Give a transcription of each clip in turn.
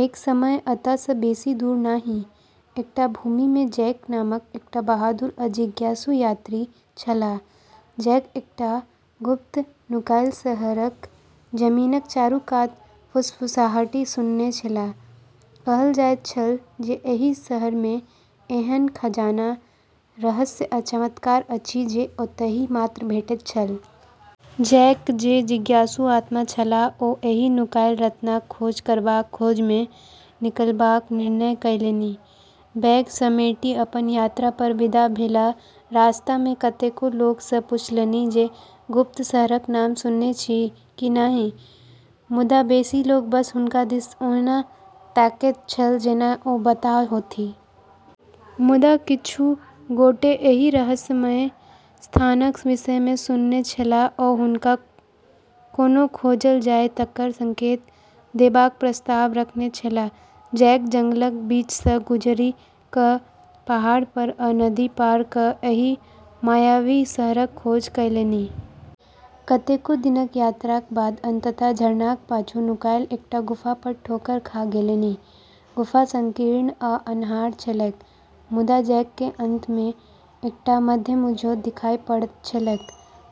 एक समय एतय सँ बेसी दूर नहि एकटा भूमिमे जैक नामक एकटा बहादुर आ जिज्ञासु यात्री छलाह। जैक एकटा गुप्त नुकायल शहरक जमीनक चारूकात फुसफुसाहटि सुनने छलाह। कहल जाइत छल जे एहि शहरमे एहन खजाना, रहस्य आ चमत्कार अछि जे ओतहि मात्र भेटैत छल। जैक, जे जिज्ञासु आत्मा छलाह, ओ एहि नुकायल रत्नक खोज करबाक खोजमे निकलबाक निर्णय कएलनि। बैग समेटि अपन यात्रा पर विदा भेलाह। रास्तामे कतेको लोक सँ पूछलनि जे गुप्त शहरक नाम सुनने छी की नहि, मुदा बेसी लोक बस हुनका दिस ओहिना तकैत छल जेना ओ बताह होथि। मुदा किछु गोटे एहि रहस्यमयी स्थानक विषयमे सुनने छलाह आ हुनका कोना खोजल जाय तकर संकेत देबाक प्रस्ताव रखने छलाह। जैक जंगलक बीच सँ गुजरि क’, पहाड़ पर, आ नदी पार क’ एहि मायावी शहरक खोज कएलनि। कतेको दिनक यात्राक बाद अंततः झरनाक पाछू नुकायल एकटा गुफा पर ठोकर खा गेलनि। गुफा संकीर्ण आ अन्हार छलैक, मुदा जैककेँ अंतमे एकटा मद्धिम इजोत देखाइ पड़ैत छलैक।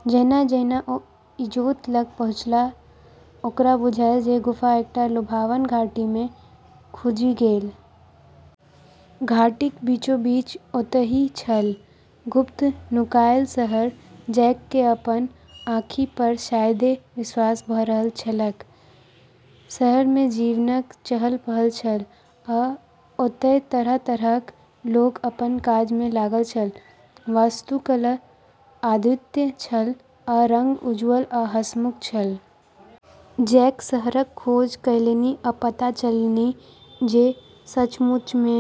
जहिना-जहिना ओ इजोत लग पहुँछलाह, ओकरा बुझायल जे गुफा एकटा लुभावन घाटीमे खुजि गेल। घाटीक बीचोबीच, ओतहि छल, गुप्त नुकायल शहर। जैककेँ अपन आँखि पर शायदे विश्वास भ’ रहल छलैक। शहरमे जीवनक चहल-पहल छल, आ ओतय तरह-तरहक लोक अपन काजमे लागल छल। वास्तुकला अद्वितीय छल, आ रंग उज्ज्वल आ हंसमुख छल। जैक शहरक खोज कएलनि आ पता चललनि जे सचमुचमे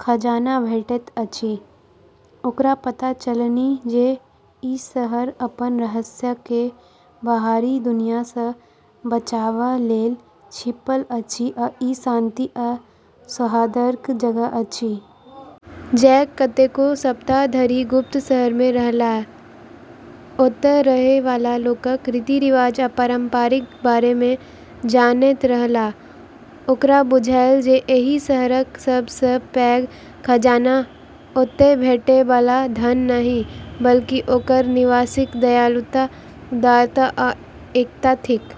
खजाना भेटैत अछि। ओकरा पता चललनि जे ई शहर अपन रहस्यकेँ बाहरी दुनिया सँ बचाबा लेल छिपल अछि आ ई शांति आ सौहार्दक जगह अछि। जैक कतेको सप्ताह धरि गुप्त शहरमे रहलाह, ओतय रहै वाला लोकक रीति-रिवाज आ परंपराक बारेमे जानैत रहलाह। ओकरा बुझायल जे एहि शहरक सभ सँ पैघ खजाना ओतय भेटै बला धन नहि, बल्कि ओकर निवासीक दयालुता, उदारता आ एकता थिक।